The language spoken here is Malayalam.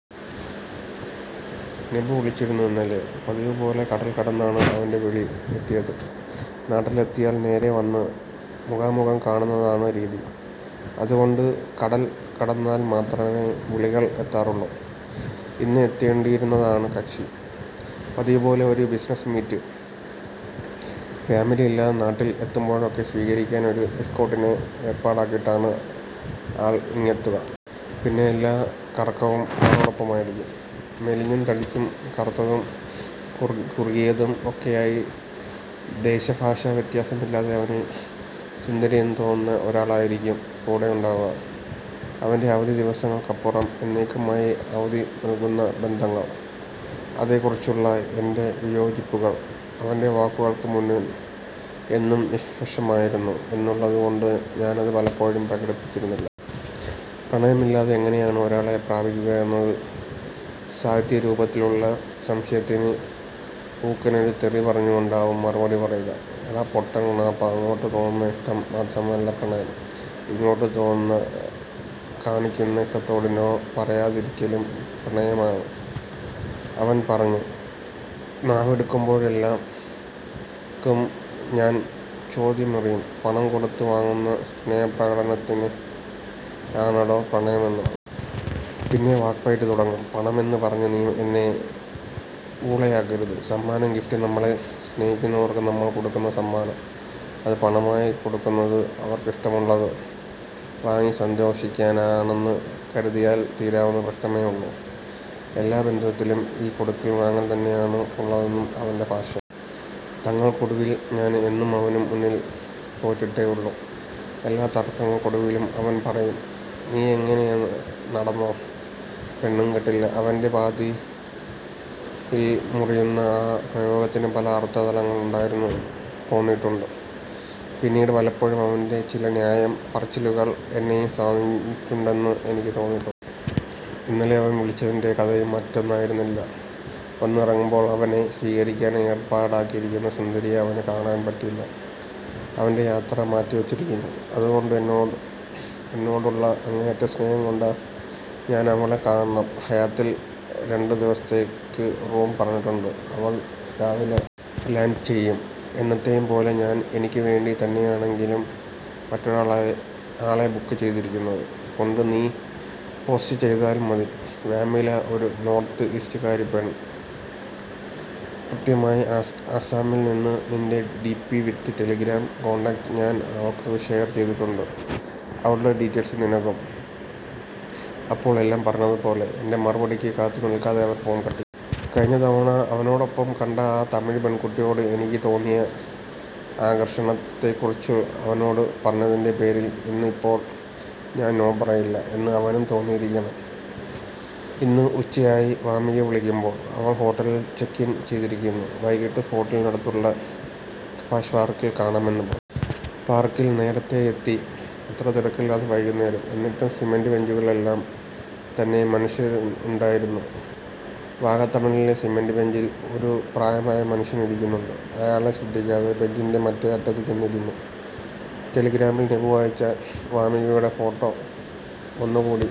നെബു വിളിച്ചിരുന്നു ഇന്നലെ…! പതിവു പോലെ കടൽ കടന്നാണ് അവന്റെ വിളി എത്തിയത്. നാട്ടിലെത്തിയാൽ നേരേ വന്ന് മുഖാമുഖം കാണുന്നതാണ് രീതി. അതു കൊണ്ട് കടൽ കടന്നാൽ മാത്രമേ വിളികൾ എത്താറുള്ളൂ. ഇന്ന് എത്തേണ്ടിയിരുന്നതാണ് കക്ഷി. പതിവ് പൊലെ ഒരു ബിസിനസ് മീറ്റ്. ഫാമിലിയില്ലാതെ നാട്ടിൽ എത്തുമ്പോഴൊക്കെ സ്വീകരിക്കാൻ ഒരു എസ്കോർട്ടിനെ ഏർപ്പാടാക്കിയിട്ടാണ് ആൾ ഇങ്ങെത്തുക. പിന്നെ എല്ലാ കറക്കവും ആളോടൊപ്പമായിരിക്കും. മെലിഞ്ഞും തടിച്ചും കറുത്തും കുറുകിയും ഒക്കെയായി ദേശ ഭാഷാ വ്യത്യാസം ഇല്ലാതെ അവന് സുന്ദരി എന്നു തോന്നുന്ന ഒരാളായിരിക്കും കൂടെയുണ്ടാകുക. അവന്റെ അവധി ദിവസങ്ങൾക്കപ്പുറം എന്നേന്നേക്കുമായി അവധി നൽകുന്ന ബന്ധങ്ങൾ. അതേക്കുറിച്ചുള്ള എന്റെ വിയോജിപ്പുകൾ അവന്റെ വാക്കുകൾക്ക് മുന്നിൽ എന്നും നിഷ്പ്രഭമായിരുന്നു എന്നുള്ളത് കൊണ്ട് ഞാനത് പലപ്പോഴും പ്രകടിപ്പിച്ചിരുന്നില്ല. പ്രണയമില്ലാതെ എങ്ങനെയാണ് ഒരാളെ പ്രാപിക്കുക എന്ന സാഹിത്യരൂപത്തിലുള്ള സംശയത്തിന് ഊക്കനൊരു തെറി പറഞ്ഞു കൊണ്ടാവും മറുപടി പറയുക. ' എടാ പൊട്ടൻ കുണാപ്പാ, അങ്ങോട്ട് തോന്നുന്ന ഇഷ്ടം മാത്രമല്ല പ്രണയം, ഇങ്ങോട്ട് തോന്നുന്ന, കാണിക്കുന്ന ഇഷ്ടത്തോട് നോ പറയാതിരിക്കലും പ്രണയം ആണ്… ' അവൻ പറഞ്ഞ് നാവെടുക്കുമ്പോഴേക്കും ഞാൻ ചോദ്യമെറിയും, ' പണം കൊടുത്ത് വാങ്ങുന്ന സ്നേഹപ്രകടനത്തിനെയാണോടാ പ്രണയം എന്ന് പറയുന്നത്…? ' പിന്നെ വാക്പയറ്റ് തുടങ്ങും, 'പണം എന്നു പറഞ്ഞ് നീ എന്നെ ഊളയാക്കരുത്… സമ്മാനം… ഗിഫ്റ്റ്… നമ്മളെ സ്നേഹിക്കുന്നവർക്ക് നമ്മൾ കൊടുക്കുന്ന സമ്മാനം… അത് പണമായി കൊടുക്കുന്നത് അവർക്കിഷ്ടമുള്ളത് വാങ്ങി സന്തോഷിക്കാനാണെന്ന് കരുതിയാൽ തീരാവുന്ന പ്രശ്നമേ ഉള്ളൂ… ' 'എല്ലാ ബന്ധത്തിലും ഈ കൊടുക്കൽ വാങ്ങൽ തന്നെയാണ് ഉള്ളതെന്നാണ് അവന്റെ ഭാഷ്യം. തങ്ങൾ ക്കൊടുവിൽ ഞാൻ എന്നും അവനു മുന്നിൽ തോറ്റിട്ടേ ഉള്ളൂ… ' എല്ലാ തർക്കങ്ങൾക്കൊടുവിലും അവൻ പറയും, 'നീയിങ്ങനെ നടന്നോ…!! പെണ്ണും കെട്ടില്ല… ' അവന്റെ പാതിയിൽ മുറിയുന്ന ആ പ്രയോഗത്തിന് പല അർത്ഥ തലങ്ങൾ ഉണ്ടായിരുന്നെന്ന് തോന്നിയിട്ടുണ്ട്. പിന്നീട് പലപ്പോഴും അവന്റെ ചില ന്യായം പറച്ചിലുകൾ എന്നെയും സ്വാധീനിക്കുന്നുണ്ടെന്ന് എനിക്ക് തോന്നിയിട്ടുണ്ട്. ഇന്നലെ അവൻ വിളിച്ചതിന്റെ കഥയും മറ്റൊന്നായിരുന്നില്ല. വന്നിറങ്ങുമ്പോൾ അവനെ സ്വീകരിക്കാൻ ഏർപ്പാടാക്കിയിരിക്കുന്ന സുന്ദരിയെ അവന് കാണാൻ പറ്റില്ല. അവന്റെ യാത്ര മാറ്റി വച്ചിരിക്കുന്നു. അതു കൊണ്ട് എന്നോടുള്ള അങ്ങേയറ്റം സ്നേഹം കൊണ്ട് ഞാൻ അവളെ കാണണം. 'ഹയാത്തിൽ രണ്ടു ദിവസത്തേയ്ക്ക് റൂം പറഞ്ഞിട്ടുണ്ട്… അവൾ രാവിലെ ലാൻഡ് ചെയ്യും… എന്നത്തേയും പോലെ ഞാൻ എനിക്കു വേണ്ടി തന്നെയാണെങ്കിലും മറ്റൊരാളായി ആളെ ബുക്ക് ചെയ്തിരിക്കുന്നത് കൊണ്ട്, നീ ഹോസ്റ്റ് ചെയ്താലും മതി… '' വാമിഖ… ഒരു നോർത്ത് ഈസ്റ്റ്കാരി പെണ്ൺ… കൃത്യമായി ആസാമിൽ നിന്ന്… നിന്റെ ഡിപി വിത്ത് ടെലഗ്രാം കോണ്ടാക്ട് ഞാൻ ആൾക്ക് ഷെയർ ചെയ്തിട്ടുണ്ട്… അവളുടെ ഡീറ്റയിൽസ് നിനക്കും… അപ്പോൾ എല്ലാം പറഞ്ഞത് പോലെ… ' എന്റെ മറുപടിയ്ക്ക് കാത്തു നിൽക്കാതെ അവൻ ഫോൺ കട്ടു ചെയ്തു. കഴിഞ്ഞ തവണ അവനോടൊപ്പം കണ്ട ആ തമിഴ് പെൺകുട്ടിയോട് എനിക്കു തോന്നിയ ആകർഷണത്തേക്കുറിച്ച് അവനോട് പറഞ്ഞതിന്റെ പേരിൽ, ഇന്ന് ഇപ്പോൾ ഞാൻ നോ പറയില്ല എന്ന് അവനും തോന്നിയിരിക്കണം. ഇന്ന് ഉച്ചയായി വാമിഖ വിളിക്കുമ്പോൾ. അവൾ ഹോട്ടലിൽ ചെക്ക് ഇൻ ചെയ്തിരിക്കുന്നു. വൈകിട്ട് ഹോട്ടലിനടുതുള്ള സുഭാഷ് പാർക്കിൽ കാണാം എന്നു പറഞ്ഞു. പർക്കിൽ നേരത്തേ എത്തി. അത്ര തിരക്കില്ലാത്ത വൈകുന്നേരം. എന്നിട്ടും സിമന്റ് ബഞ്ചുകളിലെലെല്ലാം തന്നെ മനുഷ്യരുണ്ടായിരുന്നു. വാകത്തണലിലെ സിമന്റ് ബഞ്ചിൽ ഒരു പ്രായമായ മനുഷ്യൻ ഇരിക്കുന്നുണ്ട്. അയാളെ ശ്രദ്ധിക്കാതെ ബഞ്ചിന്റെ മറ്റേ അറ്റത്ത് ചെന്നിരുന്നു. ടെലഗ്രാമിൽ നെബു അയച്ച വാമിഖയുടെ ഫോട്ടോ ഒന്നു കൂടി